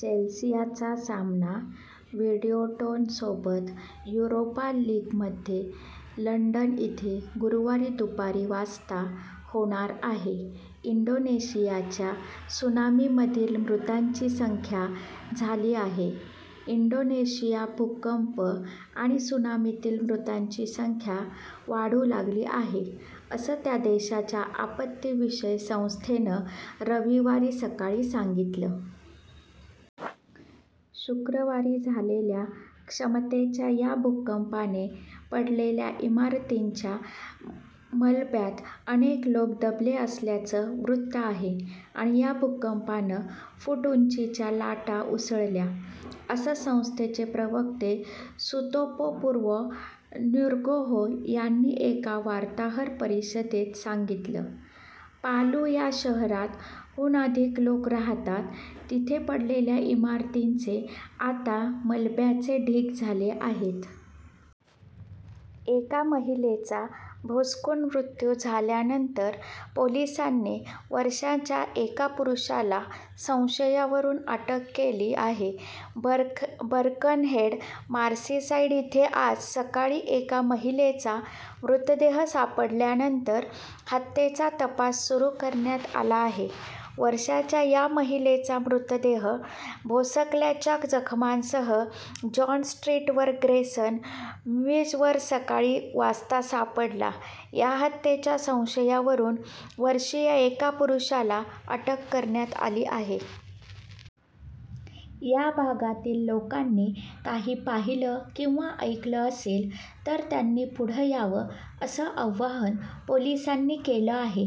चेल्सिआचा सामना विडीयोटोनसोबत Europa लिगमध्ये London इथं गुरुवारी दुपारी वाजता होणार आहे. इंडोनेशियाच्या त्सुनामीमधील मृतांची संख्या झाली आहे इंडोनेशिया भूकंप आणि त्सुनामीतील मृतांची संख्या वाढून झाली आहे, असं त्या देशाच्या आपत्तीविषय संस्थेनं रविवारी सकाळी सांगितलं. शुक्रवारी झालेल्या क्षमतेच्या या भूकंपाने पडलेल्या इमारतींच्या मलब्यात अनेक लोक दबले असल्याचं वृत्त आहे आणि या भूकंपानं फूट उंचीच्या लाटा उसळल्या, असं संस्थेचे प्रवक्ते सुतोपो पुर्वो नुग्रोहो यांनी एका वार्ताहर परिषदेत सांगितलं. पालु या शहरात, हून अधिक लोक राहतात, तिथे पडलेल्या इमारतींचे आता मलब्याचे ढीग झाले आहेत. एका महिलेचा भोसकून मृत्यु झाल्यानंतर पोलिसांनी वर्षांच्या एका पुरूषाला संशयावरुन अटक केली आहे बर्कनहेड, मर्सीसाईड इथे आज सकाळी एका महिलेचा मृतदेह सापडल्यानंतर हत्येचा तपास सुरु करण्यात आला आहे. वर्षांच्या या महिलेचा मृतहेद भोसकल्याच्या जखमांसह जॉन स्ट्रीटवर ग्रेसन मीव्जवर सकाळी वाजता सापडला, या हत्येच्या संशयावरुन वर्षीय एका पुरूषाला अटक करण्यात आली आहे. या भागातील लोकांनी काही पाहिलं किंवा ऐकलं असेल तर त्यांनी पुढे यावं असं आवाहन पोलिसांनी केलं आहे.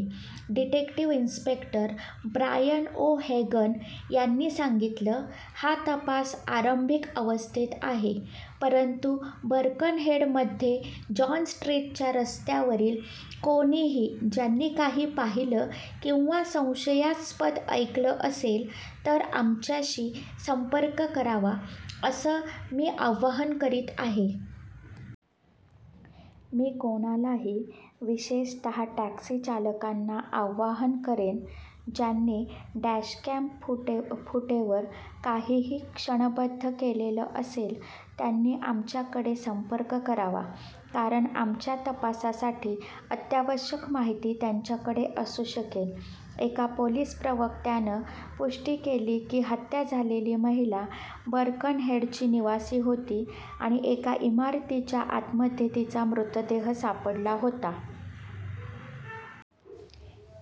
Detective inspector Brian O'Hagan यांनी सांगितलं: 'हा तपास आरंभिक अवस्थेत आहे परंतु बर्कनहेडमध्ये जॉन स्ट्रीटच्या परिसरातील कोणीही ज्यांनी काही पाहिलं किंवा संशयास्पद ऐकलं असेल तर आमच्याशी संपर्क करावा असं मी आवाहन करीत आहे. मी कोणालाही, विशेषतः टॅक्सी चालकांना आवाहन करेन, ज्यांनी डॅशकॅम फूटेवर काहीही क्षणबद्ध केलेलं असेल त्यांनी आमच्याकडे संपर्क करावा कारण आमच्या तपासासाठी अत्यावश्यक माहिती त्यांच्याकडे असू शकेल. ' एका पोलिस प्रवक्त्यानं पुष्टि केली की हत्या झालेली महिला बर्कनहेडची निवासी होती आणि एका इमारतीच्या आतमध्ये तिचा मृतदेह सापडला होता.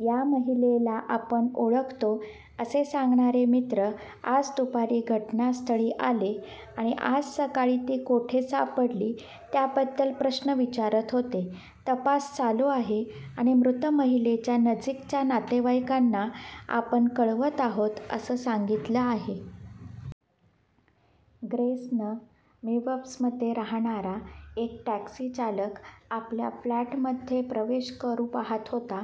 या महिलेला आपण ओळखतो असे सांगणारे मित्र आज दुपारी घटना स्थळी आले आणि आज सकाळी ती कोठे सापडली त्याबद्दल प्रश्न विचारत होते. तपास चालू आहे आणि मृत महिलेच्या नजिकच्या नातेवाईकांना आपण कळवत आहोत असं सांगितलं आहे. ग्रेसन मीव्जमध्ये राहणारा एक टॅक्सी चालक आपल्या फ्लॅटमध्ये प्रवेश करु पाहात होतो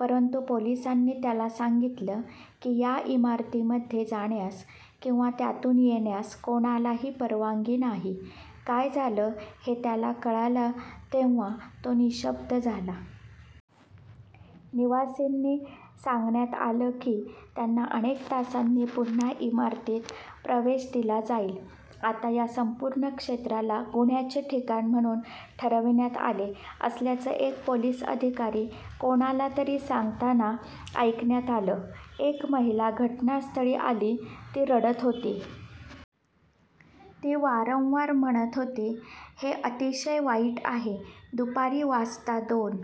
परंतु पोलिसांनी त्याला सांगितलं की या इमारतीमध्ये जाण्यास किंवा त्यातून येण्यास कोणालाही परवानगी नाही. काय झालं हे त्याला कळाला तेव्हा तो निःशब्द झाला. निवासींना सांगण्यात आलं की त्यांना अनेक तासांनी पुन्हा इमारतीत प्रवेश दिला जाईल. आता या संपूर्ण क्षेत्राला गुन्ह्याचे ठिकाण म्हणून ठरविण्यात आले असल्याचं एक पोलिस अधिकारी कोणाला तरी सांगताना ऐकण्यात आलं. एक महिला घटनास्थळी आली, ती रडत होती. ती वारंवार म्हणत होती 'हे अतिशय वाईट आहे'. दुपारी वाजता दोन